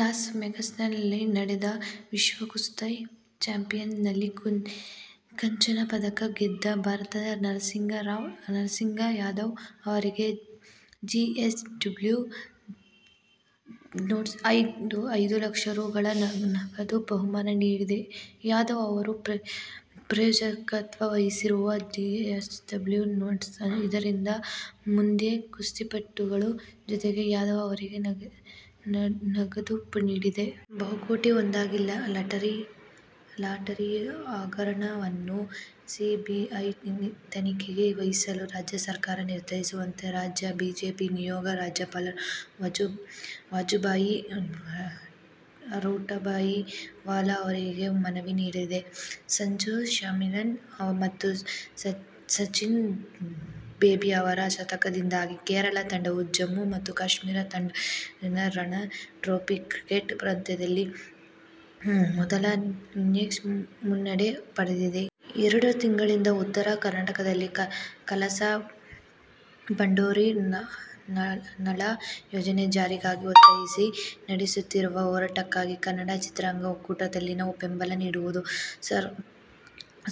Loss ವೇಗಾಸ್ನಲ್ಲಿ ನಡೆದ ವಿಶ್ವ ಕುಸ್ತಿ ಚಾಂಪಿಯನ್ಶಿಪ್ನಲ್ಲಿ ಕಂಚಿನ ಪದಕ ಗೆದ್ದ ಭಾರತದ ನರಸಿಂಗ್ ಯಾದವ್ ಅವರಿಗೆ ಜೆಎಸ್ಡಬ್ಲ್ಯು ನ್ಪೋರ್ಟ್ಸ್ ಐದು ಲಕ್ಷ ರೂ. ಗಳ ನಗದು ಬಹುಮಾನ ನೀಡಿದೆ. ಯಾದವ್ ಅವರ ಪ್ರಾಯೋಜಕತ್ವ ವಹಿಸಿರುವ ಜೆಎಸ್ಡಬ್ಲ್ಯು ನ್ಪೋರ್ಟ್ಸ್ ಇತರ ಮಂದಿ ಕುಸ್ತಿಪಟುಗಳ ಜತೆ ಯಾದವ್ ಅವರಿಗೆ ನಗದು ನೀಡಿದೆ. ಬಹುಕೋಟಿ ಒಂದಂಕಿ ಲಾಟರಿ ಹಗರಣವನ್ನು ಸಿಬಿಐ ತನಿಖೆಗೆ ವಹಿಸಲು ರಾಜ್ಯ ಸರ್ಕಾರಕ್ಕೆ ನಿರ್ದೇಶಿಸುವಂತೆ ರಾಜ್ಯ ಬಿಜೆಪಿ ನಿಯೋಗ ರಾಜ್ಯಪಾಲ ವಜು ಭಾಯಿ ರೂಢಭಾಯಿ ವಾಲಾ ಅವರಿಗೆ ಮನವಿ ಮಾಡಿದೆ. ಸಂಜು ಸ್ಯಾಮ್ಸನ್ ಮತ್ತು ಸಚಿನ್ ಬೇಬಿ ಅವರ ಶತಕದಿಂದಾಗಿ ಕೇರಳ ತಂಡವು ಜಮ್ಮು ಮತ್ತು ಕಾಶ್ಮೀರ ತಂಡದೆದುರಿನ ರಣಜಿ ಟ್ರೋಫಿ ಕ್ರಿಕೆಟ್ ಪಂದ್ಯದಲ್ಲಿ ಮೊದಲ ಇನ್ನಿಂಗ್ಸ್ ಮುನ್ನಡೆ ಪಡೆದಿದೆ. ಎರಡು ತಿಂಗಳಿನಿಂದ ಉತ್ತರ ಕರ್ನಾಟಕದಲ್ಲಿ ಕಳಸಾ-ಬಂಡೂರಿ ನಾಲಾ ಯೋಜನೆ ಜಾರಿಗಾಗಿ ಒತ್ತಾಯಿಸಿ ನಡೆಸುತ್ತಿರುವ ಹೋರಾಟಕ್ಕೆ ಕನ್ನಡ ಚಿತ್ರರಂಗ ಒಕ್ಕೊರಲಿನ ಬೆಂಬಲ ನೀಡಿರುವುದು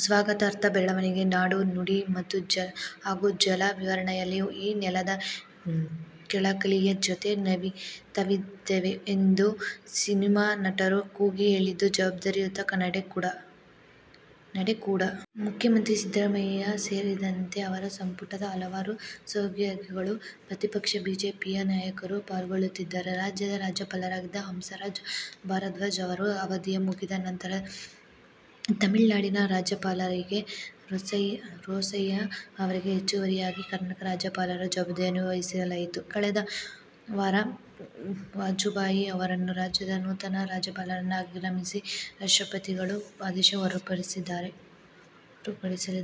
ಸ್ವಾಗತಾರ್ಹ ಬೆಳವಣಿಗೆ. ನಾಡು, ನುಡಿ ಹಾಗೂ ಜಲದ ವಿಚಾರದಲ್ಲಿ ಈ ನೆಲದ ಕಳಕಳಿಯ ಜೊತೆ ತಾವಿದ್ದೇವೆ ಎಂದು ಸಿನಿಮಾ ನಟರು ಕೂಗಿ ಹೇಳಿದ್ದು ಜವಾಬ್ದಾರಿಯುತ ನಡೆ ಕೂಡ. ಮುಖ್ಯಮಂತ್ರಿ ಸಿದ್ದರಾಮಯ್ಯ ಸೇರಿದಂತೆ ಅವರ ಸಂಪುಟದ ಹಲವು ಸಹೋದ್ಯೋಗಿ ಗಳು, ಪ್ರತಿಪಕ್ಷ ಬಿಜೆಪಿಯ ನಾಯಕರು ಪಾಲ್ಗೊಳ್ಳಲಿದ್ದಾರೆ. ರಾಜ್ಯದ ರಾಜ್ಯಪಾಲರಾಗಿದ್ದ ಹಂಸರಾಜ್ ಭಾರದ್ವಾಜ್ ಅವರ ಅವಧಿ ಮುಗಿದ ನಂತರ ತಮಿಳುನಾಡಿನ ರಾಜ್ಯಪಾಲ ಕೆ. ರೋಸಯ್ಯ ಅವರಿಗೆ ಹೆಚ್ಚುವರಿಯಾಗಿ ಕರ್ನಾಟಕದ ರಾಜ್ಯಪಾಲರ ಜವಾಬ್ದಾರಿಯನ್ನು ವಹಿಸಲಾಗಿತ್ತು. ಕಳೆದ ವಾರ ವಜುಭಾಯಿ ಅವರನ್ನು ರಾಜ್ಯದ ನೂತನ ರಾಜ್ಯಪಾಲರನ್ನಾಗಿ ನೇಮಿಸಿ ರಾಷ್ಟ್ರಪತಿಗಳು ಆದೇಶ ಹೊರಡಿಸಿದ್ದರು.